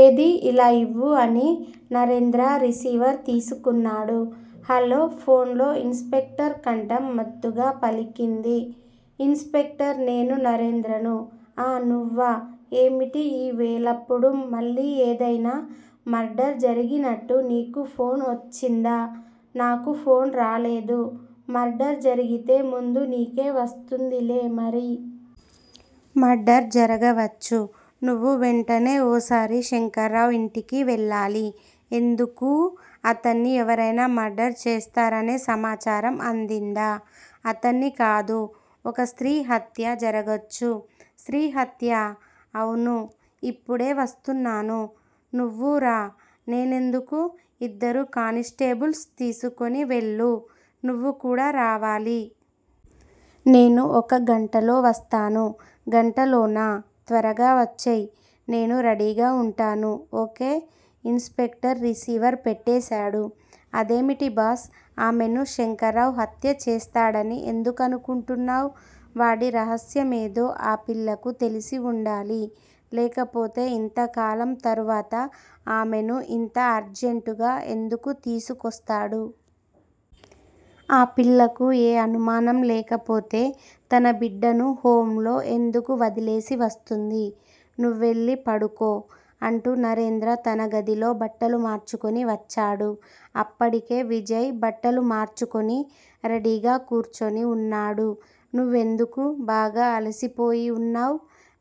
ఏదీ ఇలా ఇవ్వు అని నరేంద్ర రిసీవర్ తీసుకున్నాడు. హల్లో! ఫోన్ లో ఇన్స్‌పెక్టర్ కంఠం మత్తుగా పలికింది. ఇన్స్‌పెక్టర్ నేను నరేంద్రను. ఆ! నువ్వా? ఏమిటి ఈ వేళప్పుడు! మళ్ళీ ఏదైనా మర్డర్ జరిగినట్టు నీకు ఫోన్ వచ్చిందా? నాకు ఫోన్ రాలేదు. మర్డర్ జరిగితే ముందు నీకే వస్తుందిలే మరి! మర్డర్ జరగవచ్చు. నువ్వు వెంటనే ఓసారి శంకర్రావు ఇంటికి వెళ్లాలి. ఎందుకూ? అతడ్ని ఎవరైనా మర్డర్ చేస్తారనే సమాచారం అందిందా? అతడ్ని కాదు ఒక స్త్రీ హత్య జరగొచ్చు. స్త్రీ హత్యా? అవును. ఇప్పుడే వస్తున్నాను. నువ్వూరా! నేనెందుకూ? ఇద్దరు కానిస్టేబుల్స్ తీసుకొని వెళ్ళు! నువ్వు కూడా రావాలి. నేను ఒక గంటలో వస్తాను. గంటలోనా? త్వరగా వచ్చెయ్. నేను రెడీగా ఉంటాను. ఓకే. ఇన్స్‌పెక్టర్ రిసీవర్ పెట్టేశాడు. అదేమిటి బాస్? ఆమెను శంకర్రావు హత్యచేస్తాడని ఎందుకనుకుంటున్నావ్? వాడి రహస్యం ఏదో ఆ పిల్లకు తెలిసి ఉండాలి. లేకపోతే ఇంతకాలం తర్వాత ఆమెను ఇంత అర్జెంటుగా ఎందుకూ తీసుకొస్తాడు? ఆ పిల్లకు ఏ అనుమానం లేకపోతే తన బిడ్డను హోమ్ లో ఎందుకు వదిలేసి వస్తుంది? నువ్వెళ్ళి పడుకో అంటూ నరేంద్ర తనగదిలో బట్టలు మార్చుకొని వచ్చాడు. అప్పటికే విజయ్ బట్టలు మార్చుకొని రెడీగా కూర్చుని ఉన్నాడు. నువ్వెందుకు? బాగా అలిసిపోయి ఉన్నావ్.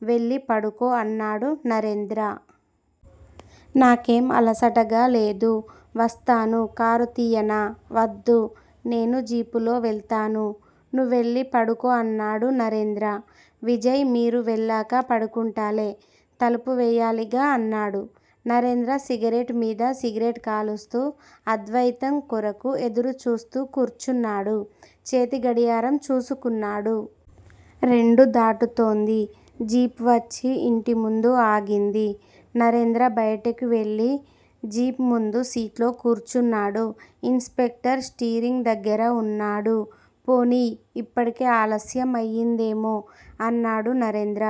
వెళ్ళి పడుకో అన్నాడు నరేంద్ర. నాకేం అలసటగా లేదు. వస్తాను. కారు తియ్యనా? వద్దు. నేను జీపులో వెళ్తాను. నువ్వెళ్ళి పడుకో అన్నాడు నరేంద్ర. విజయ్ మీరు వెళ్ళాక పడుకుంటాలే. తలుపు వెయ్యాలిగా అన్నాడు. నరేంద్ర సిగరెట్ మీద సిగరెట్ కాలుస్తూ అద్వయితం కొరకు ఎదురు చూస్తూ కూర్చున్నాడు. చేతి గడియారం చూసుకున్నాడు. రెండు దాటుతోంది. జీప్ వచ్చి ఇంటి ముందు ఆగింది. నరేంద్ర బయటకి వెళ్ళి జీప్ ముందు సీట్లో కూర్చున్నాడు. ఇన్స్‌పెక్టర్ స్టీరింగ్ దగ్గర ఉన్నాడు. పోనియ్! ఇప్పటికే ఆలస్యం అయిందేమో! అన్నాడు నరేంద్ర.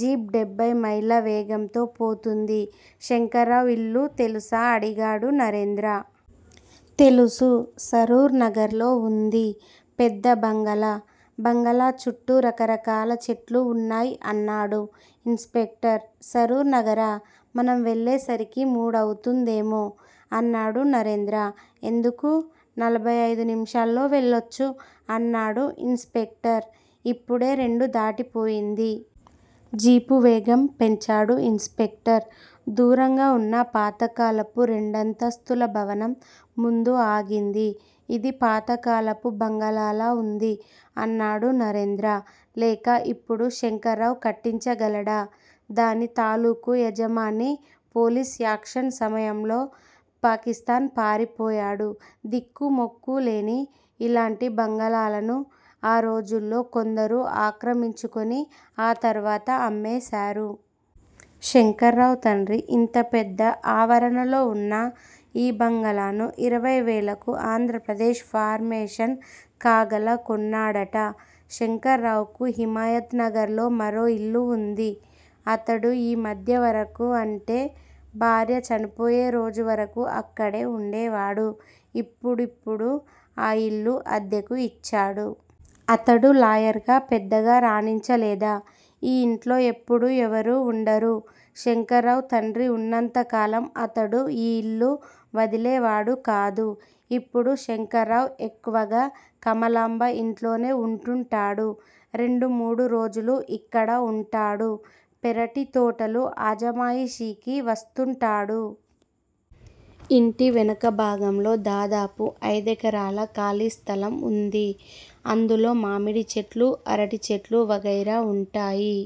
జీప్ డెబ్బై మైళ్ళ వేగంతో పోతుంది. శంకర్రావు ఇల్లు తెలుసా? అడిగాడు నరేంద్ర. తెలుసు. సరూర్ నగర్ లో ఉంది. పెద్ద బంగళా. బంగళా చుట్టూ రకరకాల చెట్లు ఉన్నాయ్ అన్నాడు ఇన్స్‌పెక్టర్. సరూర్ నగరా? మనం వెళ్ళే సరికి మూడు అవుతుందేమో? అన్నాడు నరేంద్ర. ఎందుకూ? నలభై ఐదు నిముషాల్లో వెళ్ళొచ్చు అన్నాడు ఇన్స్‌పెక్టర్. ఇప్పుడే రెండు దాటిపోయింది. జీపు వేగం పెంచాడు ఇన్స్‌పెక్టర్. దూరంగా ఉన్న పాతకాలపు రెండు అంతస్తుల భవనం ముందు ఆగింది. ఇది పాతకాలపు బంగళాలా ఉంది? అన్నాడు నరేంద్ర. లేక ఇప్పుడు శంకర్రావు కట్టించగలడా? దాని తాలూకు యజమాని పోలీస్ యాక్షన్ సమయంలో పాకిస్తాన్ పారిపోయాడు. దిక్కు మొక్కూ లేని ఇలాంటి బంగళాలను ఆ రోజుల్లో కొందరు ఆక్రమించుకొని ఆ తర్వాత అమ్మేశారు. శంకర్రావు తండ్రి ఇంత పెద్ద ఆవరణలో ఉన్న ఈ బంగళాను ఇరవై వేలకు ఆంధ్రప్రదేశ్ ఫార్మేషన్ కాగాల కొన్నాడట. శంకర్రావుకు హిమాయత్ నగర్ లో మరోఇల్లు ఉంది. అతడు ఈ మధ్యవరకు అంటే భార్య చనిపోయే రోజువరకు అక్కడే ఉండేవాడు. ఇప్పుడు? ఇప్పుడు ఆ ఇల్లు అద్దెకు ఇచ్చాడు. అతడు లాయర్ గా పెద్దగా రాణించలేదా? ఈ ఇంట్లో ఎప్పుడూ ఎవరూ ఉండరు. శంకర్రావు తండ్రి ఉన్నంత కాలం అతడు ఈ ఇళ్ళు వదిలేవాడు కాదు. ఇప్పుడు శంకర్రావు ఎక్కువగా కమలాంబ ఇంట్లోనే ఉంటుంటాడు. రెండు మూడు రోజులు ఇక్కడ ఉంటాడు. పెరటి తోటలు అజమాయిషీకి వస్తుంటాడు. ఇంటి వెనక భాగంలో దాదాపు ఐదెకరాల ఖాళీ స్థలం ఉంది. అందులో మామిడి చెట్లూ అరటి చెట్లూ వగైరా ఉంటాయి.